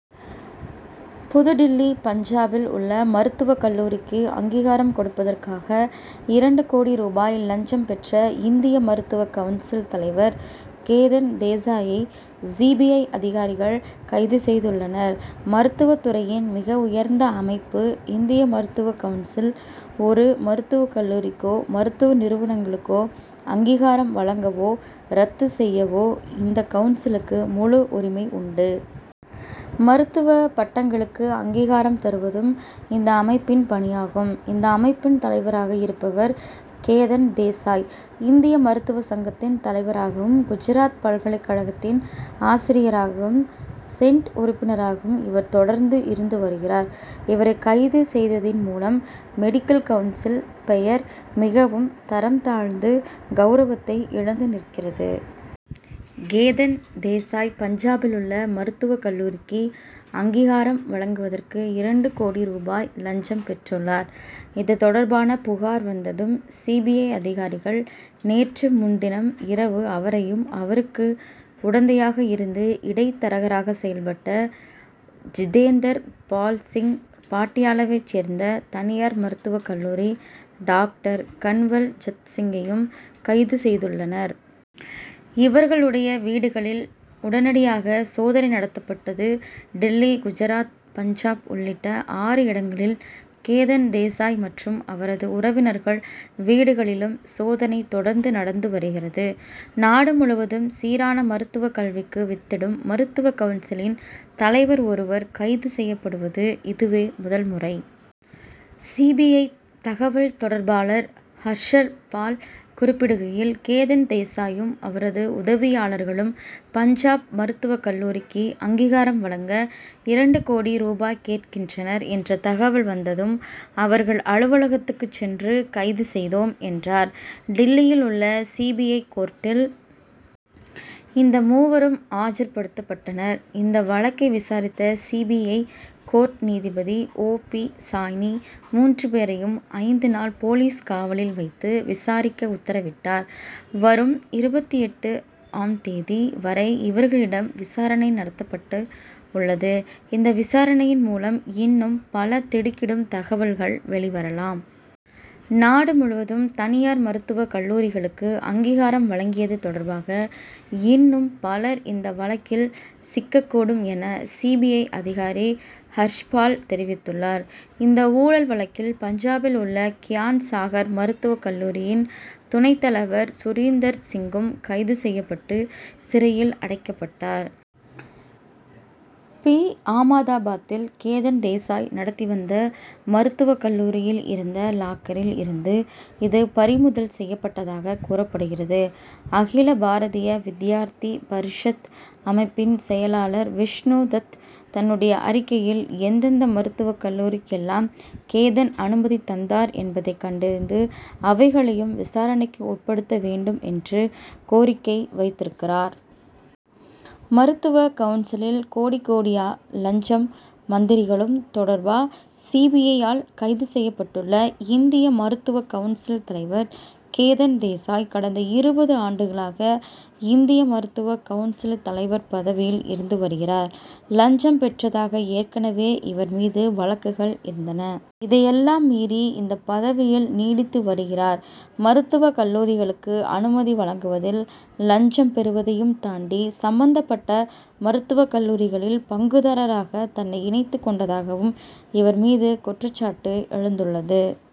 புதுடில்லி பஞ்சாபில் உள்ள மருத்துவக் கல்லூரிக்கு அங்கீகாரம் கொடுப்பதற்காக இரண்டு கோடி ரூபாய் லஞ்சம் பெற்ற இந்திய மருத்துவக் கவுன்சில் தலைவர் கேதன் தேசாயை சி. பி. ஐ. அதிகாரிகள் கைது செய்துள்ளனர். மருத்துவத் துறையின் மிக உயர்ந்த அமைப்பு இந்திய மருத்துவக் கவுன்சில். ஒரு மருத்துவக் கல்லூரிக்கோ மருத்துவ நிறுவனங்களுக்கு அங்கீகாரம் வழங்கவோ ரத்து செய்யவோ இந்த கவுன்சிலுக்கு முழு உரிமை உண்டு. மருத்துவப் பட்டங்களுக்கு அங்கீகாரம் தருவதும் இந்த அமைப்பின் பணியாகும். இந்த அமைப்பின் தலைவராக இருப்பவர் கேதன் தேசாய். இந்திய மருத்துவ சங்கத்தின் தலைவராகவும் குஜராத் பல்கலைக் கழகத்தின் ஆசிரியராகவும் சென்ட் உறுப்பினராகவும் இவர் தொடர்ந்து இருந்து வருகிறார். இவரை கைது செய்ததின் மூலம் மெடிக்கல் கவுன்சில் பெயர் மிகவும் தரம் தாழ்ந்து கவுரவத்தை இழந்து நிற்கிறது. கேதன் தேசாய் பஞ்சாபில் உள்ள மருத்துவக் கல்லூரிக்கு அங்கீகாரம் வழங்குவதற்கு இரண்டு கோடி ரூபாய் லஞ்சம் பெற்றுள்ளார். இது தொடர்பான புகார் வந்ததும் சி. பி. ஐ.அதிகாரிகள் நேற்று முன்தினம் இரவு அவரையும் அவருக்கு உடந்தையாக இருந்து இடைத்தரகராகச் செயல்பட்ட ஜிதேந்தர் பால் சிங் பாட்டியாலாவைச் சேர்ந்த தனியார் மருத்துவக் கல்லூரி டாக்டர் கன்வல்ஜத் சிங்கையும் கைது செய்துள்ளனர். இவர்களுடைய வீடுகளில் உடனடியாக சோதனை நடத்தப்பட்டது. டில்லி, குஜராத், பஞ்சாப் உள்ளிட்ட ஆறு இடங்களில் கேதன் தேசாய் மற்றும் அவரது உறவினர்கள் வீடுகளிலும் சோதனை தொடர்ந்து நடந்து வருகிறது. நாடு முழுவதும் சீரான மருத்துவக் கல்விக்கு வித்திடும் மருத்துவக் கவுன்சிலின் தலைவர் ஒருவர் கைது செய்யப்படுவது இதுவே முதல் முறை. சி. பி. ஐ.தகவல் தொடர்பாளர் ஹர்ஷத்பால் குறிப்பிடுகையில் கேதன் தேசாயும் அவரது உதவியாளர்களும் பஞ்சாப் மருத்துவக் கல்லூரிக்கு அங்கீகாரம் வழங்க இரண்டு கோடி ரூபாய் கேட்கின்றனர் என்ற தகவல் வந்ததும் அவர்கள் அலுவலகத்துக்குச் சென்று கைது செய்தோம் என்றார். டில்லியில் உள்ள சி. பி. ஐ.கோர்ட்டில் இந்த மூவரும் ஆஜர்படுத்தப்பட்டனர். இந்த வழக்கை விசாரித்த சி. பி. ஐ. கோர்ட் நீதிபதி ஓ. பி. சாய்னி மூன்று பேரையும் ஐந்து நாள் போலீஸ் காவலில் வைத்து விசாரிக்க உத்தரவிட்டார். வரும் இருபத்தெட்டு ஆம் தேதி வரை இவர்களிடம் விசாரணை நடத்தப்பட உள்ளது. இந்த விசாரணையின் மூலம் இன்னும் பல திடுக்கிடும் தகவல்கள் வெளிவரலாம். நாடு முழுவதும் தனியார் மருத்துவக் கல்லூரிகளுக்கு அங்கீகாரம் வழங்கியது தொடர்பாக இன்னும் பலர் இந்த வழக்கில் சிக்கக்கூடும் என சி. பி. ஐ.அதிகாரி ஹர்ஷ்பால் தெரிவித்துள்ளார். இந்த ஊழல் வழக்கில் பஞ்சாபில் உள்ள கியான் சாகர் மருத்துவக் கல்லூரியின் துணைத் தலைவர் சுரீந்தர் சிங்கும் கைது செய்யப்பட்டு சிறையில் அடைக்கப்பட்டார். பி. ஆமதாபாத்தில் கேதன் தேசாய் நடத்தி வந்த மருத்துவக் கல்லூரியில் இருந்த லாக்கரில் இருந்து இது பறிமுதல் செய்யப்பட்டதாகக் கூறப்படுகிறது. அகில பாரதிய வித்யார்த்தி பரிஷத் அமைப்பின் செயலாளர் விஷ்ணு தத் தன்னுடைய அறிக்கையில் எந்தெந்த மருத்துவக் கல்லூரிக்கு எல்லாம் கேதன் அனுமதி தந்தார் என்பதைக் கண்டறிந்து அவைகளையும் விசாரணைக்கு உட்படுத்த வேண்டும் என்று கோரிக்கை வைத்திருக்கிறார். மருத்துவ கவுன்சிலில் கோடி கோடியா லஞ்சம் மந்திரிகளுக்கும் தொடர்பா? சி. பி. ஐ.யால் கைது செய்யப்பட்டுள்ள இந்திய மருத்துவ கவுன்சில் தலைவர் கேதன் தேசாய் கடந்த இருபது ஆண்டுகளாக இந்திய மருத்துவ கவுன்சில் தலைவர் பதவியில் இருந்து வருகிறார். லஞ்சம் பெற்றதாக ஏற்கனவே இவர் மீது வழக்குகள் இருந்தன. இதையெல்லாம் மீறி இந்தப் பதவியில் நீடித்து வருகிறார். மருத்துவக் கல்லூரிகளுக்கு அனுமதி வழங்குவதில் லஞ்சம் பெறுவதையும் தாண்டி சம்பந்தப்பட்ட மருத்துவக் கல்லூரிகளில் பங்குதாரராக தன்னைக் இணைத்துக் கொண்டதாகவும் இவர்மீது குற்றச்சாட்டு எழுந்துள்ளது.